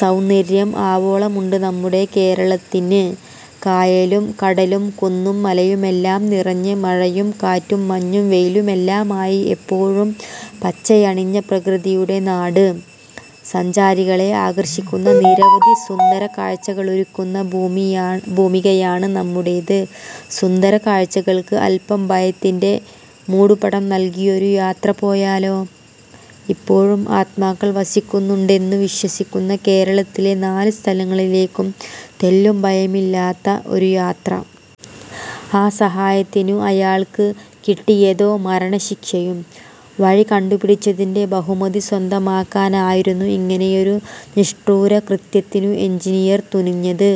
സൗന്ദര്യം ആവോളമുണ്ട് നമ്മുടെ കേരളത്തിന്. കായലും കടലും കുന്നും മലയുമെല്ലാം നിറഞ്ഞ് മഴയും കാറ്റും മഞ്ഞും വെയിലുമെല്ലാമായി എപ്പോഴും പച്ചയണിഞ്ഞ പ്രകൃതിയുടെ നാട്. സഞ്ചാരികളെ ആകർഷിക്കുന്ന നിരവധി സുന്ദരകാഴ്ചകളൊരുക്കുന്ന ഭൂമിയാ ഭൂമികയാണ് നമ്മുടേത്. സുന്ദര കാഴ്ചകൾക്ക് അല്പം ഭയത്തിന്റെ മൂടുപടം നൽകിയൊരു യാത്ര പോയാലോ? ഇപ്പോഴും ആത്മാക്കൾ വസിക്കുന്നുണ്ടെന്നു വിശ്വസിക്കുന്ന കേരളത്തിലെ നാല് സ്ഥലങ്ങളിലേക്ക് തെല്ലും ഭയമില്ലാത്ത ഒരു യാത്ര. ആ സഹായത്തിനു അയാൾക്ക് കിട്ടിയതോ മരണശിക്ഷയും. വഴി കണ്ടുപിടിച്ചതിന്റെ ബഹുമതി സ്വന്തമാക്കാനായിരുന്നു ഇങ്ങനൊരു നിഷ്ഠൂരകൃത്യത്തിനു എഞ്ചിനീയർ തുനിഞ്ഞത്.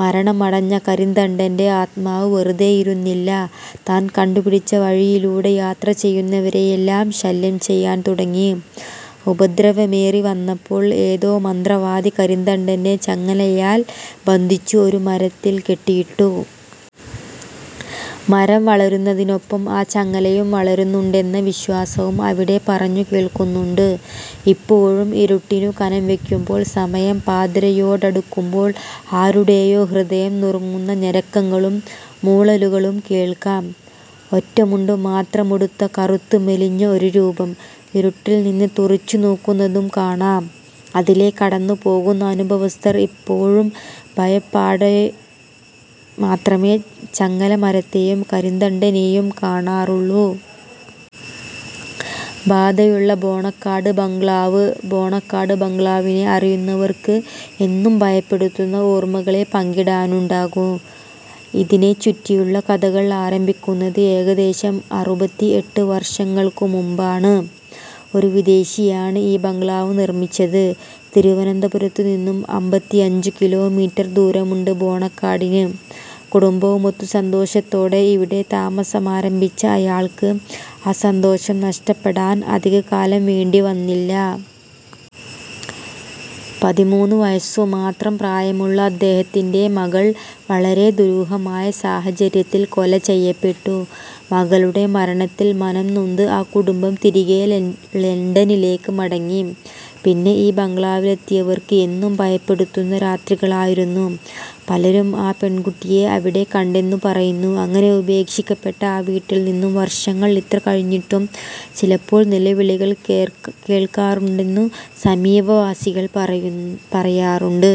മരണമടഞ്ഞ കരിന്തണ്ടന്റെ ആത്മാവ് വെറുതെയിരുന്നില്ല. താൻ കണ്ടുപിടിച്ച വഴിയിലൂടെ യാത്ര ചെയ്യുന്നവരെയെല്ലാം ശല്യം ചെയ്യാൻ തുടങ്ങി. ഉപദ്രവമേറി വന്നപ്പോൾ ഏതോ മന്ത്രവാദി കരിന്തണ്ടനെ ചങ്ങലയാൽ ബന്ധിച്ചു ഒരു മരത്തിൽ കെട്ടിയിട്ടു. മരം വളരുന്നതിനൊപ്പം ആ ചങ്ങലയും വളരുന്നുണ്ടെന്ന വിശ്വാസവും അവിടെ പറഞ്ഞു കേൾക്കുന്നുണ്ട്. ഇപ്പോഴും ഇരുട്ടിനു കനംവയ്ക്കമ്പോൾ സമയം പാതിരയോടടുക്കുമ്പോൾ ആരുടെയോ ഹൃദയം നുറുങ്ങുന്ന ഞരക്കങ്ങളും മൂളലുകളും കേൾക്കാം ഒറ്റമുണ്ടു മാത്രമുടുത്ത, കറുത്ത് മെലിഞ്ഞ ഒരു രൂപം ഇരുട്ടിൽ നിന്ന് തുറിച്ചു നോക്കുന്നതു കാണാം അതിലെ കടന്നു പോകുന്ന അനുഭവസ്ഥർ ഇപ്പോഴും ഭയപ്പാടേ മാത്രമേ ചങ്ങല മരത്തെയും കരിന്തണ്ടനെയും കാണാറുള്ളൂ. ബാധയുള്ള ബോണക്കാട് ബംഗ്ലാവ് ബോണക്കാട് ബംഗ്ലാവിനെ അറിയുന്നവർക്ക് എന്നും ഭയപ്പെടുത്തുന്ന ഓർമ്മകളെ പങ്കിടാനുണ്ടാകൂ. ഇതിനെ ചുറ്റിയുള്ള കഥകൾ ആരംഭിക്കുന്നത് ഏകദേശം അറുപത്തിഎട്ട് വർഷങ്ങൾക്കു മുമ്പാണ്. ഒരു വിദേശിയാണ് ഈ ബംഗ്ലാവ് നിർമ്മിച്ചത്. തിരുവനന്തപുരത്തു നിന്നും അമ്പത്തിയഞ്ചുകിലോമീറ്റർ ദൂരമുണ്ട് ബോണക്കാടിന്. കുടുംബവുമൊത്തു സന്തോഷത്തോടെ ഇവിടെ താമസമാരംഭിച്ച അയാൾക്ക്, ആ സന്തോഷം നഷ്ടപ്പെടാൻ അധിക കാലം വേണ്ടി വന്നില്ല. പതിമൂന്നു വയസ്സു മാത്രം പ്രായമുള്ള അദ്ദേഹത്തിന്റെ മകൾ വളരെ ദുരൂഹമായ സാഹചര്യത്തിൽ കൊല ചെയ്യപ്പെട്ടു. മകളുടെ മരണത്തിൽ മനംനൊന്ത് ആ കുടുംബം തിരികെ ലെ ലണ്ടനിലേക്ക് മടങ്ങി. പിന്നെ ഈ ബംഗ്ലാവിലെത്തിയവർക്ക് എന്നും ഭയപെടുത്തുന്ന രാത്രികളായിരുന്നു. പലരും ആ പെൺകുട്ടിയെ അവിടെ കണ്ടെന്നു പറയുന്നു. അങ്ങനെ ഉപേക്ഷിക്കപ്പെട്ട ആ വീട്ടിൽ നിന്നും വർഷങ്ങൾ ഇത്ര കഴിഞ്ഞിട്ടും ചിലപ്പോൾ നിലവിളികൾ കേ കേൾക്കാറുണ്ടെന്നു സമീപവാസികൾ പ പറയാറുണ്ട്.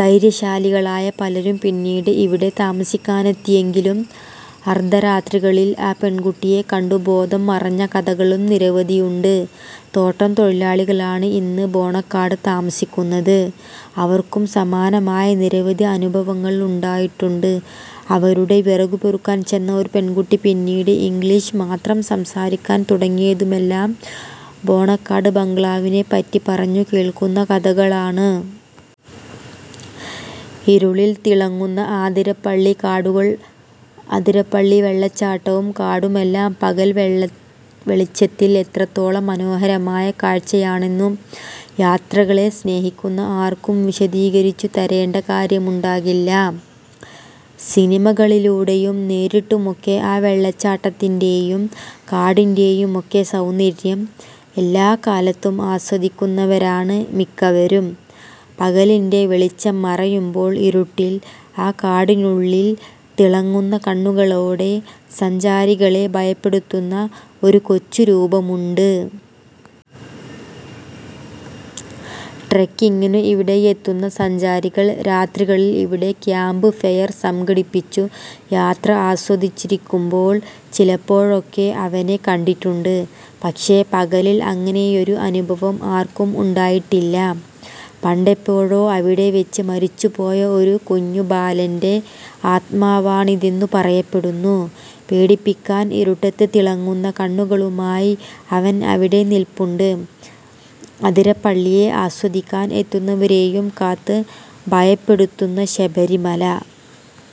ധൈര്യശാലികളായ പലരും പിന്നീട് ഇവിടെ താമസിക്കാനെത്തിയെങ്കിലും അർധരാത്രികളിൽ ആ പെൺകുട്ടിയെ കണ്ടു ബോധം മറഞ്ഞ കഥകളും നിരവധിയുണ്ട്. തോട്ടം തൊഴിലാളികളാണ് ഇന്ന് ബോണക്കാട് താമസിക്കുന്നത്. അവർക്കും സമാനമായ നിരവധി അനുഭവങ്ങൾ ഉണ്ടായിട്ടുണ്ട്. അവരുടെ വിറകു പെറുക്കാൻ ചെന്ന ഒരു പെൺകുട്ടി പിന്നീട് ഇംഗ്ലീഷ് മാത്രം സംസാരിക്കാൻ തുടങ്ങിയതുമെല്ലാം ബോണക്കാട് ബംഗ്ലാവിനെ പറ്റി പറഞ്ഞു കേൾക്കുന്ന കഥകളാണ്. ഇരുളിൽ തിളങ്ങുന്ന ആതിരപ്പള്ളി കാടുകൾ അതിരപ്പള്ളി വെള്ളച്ചാട്ടവും കാടുമെല്ലാം പകൽ വെ വെളിച്ചത്തിൽ എത്രത്തോളം മനോഹരമായ കാഴ്ചയാണെന്നു യാത്രകളെ സ്നേഹിക്കുന്ന ആർക്കും വിശദീകരിച്ചു തരേണ്ട കാര്യമുണ്ടാകില്ല. സിനിമകളിലൂടെയും നേരിട്ടുമൊക്കെ ആ വെള്ളച്ചാട്ടത്തിന്റെയും കാടിന്റെയുമൊക്കെ സൗന്ദര്യം എല്ലാക്കാലത്തും ആസ്വദിക്കുന്നവരാണ് മിക്കവരും. പകലിന്റെ വെളിച്ചം മറയുമ്പോൾ. ഇരുട്ടിൽ ആ കാടിനുള്ളിൽ തിളങ്ങുന്ന കണ്ണുകളോടെ സഞ്ചാരികളെ ഭയപ്പെടുത്തുന്ന ഒരു കൊച്ചു രൂപമുണ്ട്. ട്രെക്കിങ്ങിനു ഇവിടെയെത്തുന്ന സഞ്ചാരികൾ രാത്രികളിൽ ഇവിടെ ക്യാമ്പ് ഫെയർ സംഘടിപ്പിച്ചു യാത്ര ആസ്വദിച്ചിരിക്കുമ്പോൾ, ചിലപ്പോഴൊക്കെ അവനെ കണ്ടിട്ടുണ്ട്. പക്ഷേ പകലിൽ അങ്ങനെയൊരു അനുഭവം ആർക്കും ഉണ്ടായിട്ടില്ല. പണ്ടെപ്പോഴോ അവിടെ വെച്ച് മരിച്ചുപോയ ഒരു കുഞ്ഞു ബാലന്റെ ആത്മാവാണിതെന്നു പറയപ്പെടുന്നു. പേടിപ്പിക്കാൻ ഇരുട്ടത്ത് തിളങ്ങുന്ന കണ്ണുകളുമായി അവൻ അവിടെ നിൽപ്പുണ്ട് അതിരപ്പള്ളിയെ ആസ്വദിക്കാൻ എത്തുന്നവരെയും കാത്ത്. ഭയപ്പെടുത്തുന്ന ശബരിമല.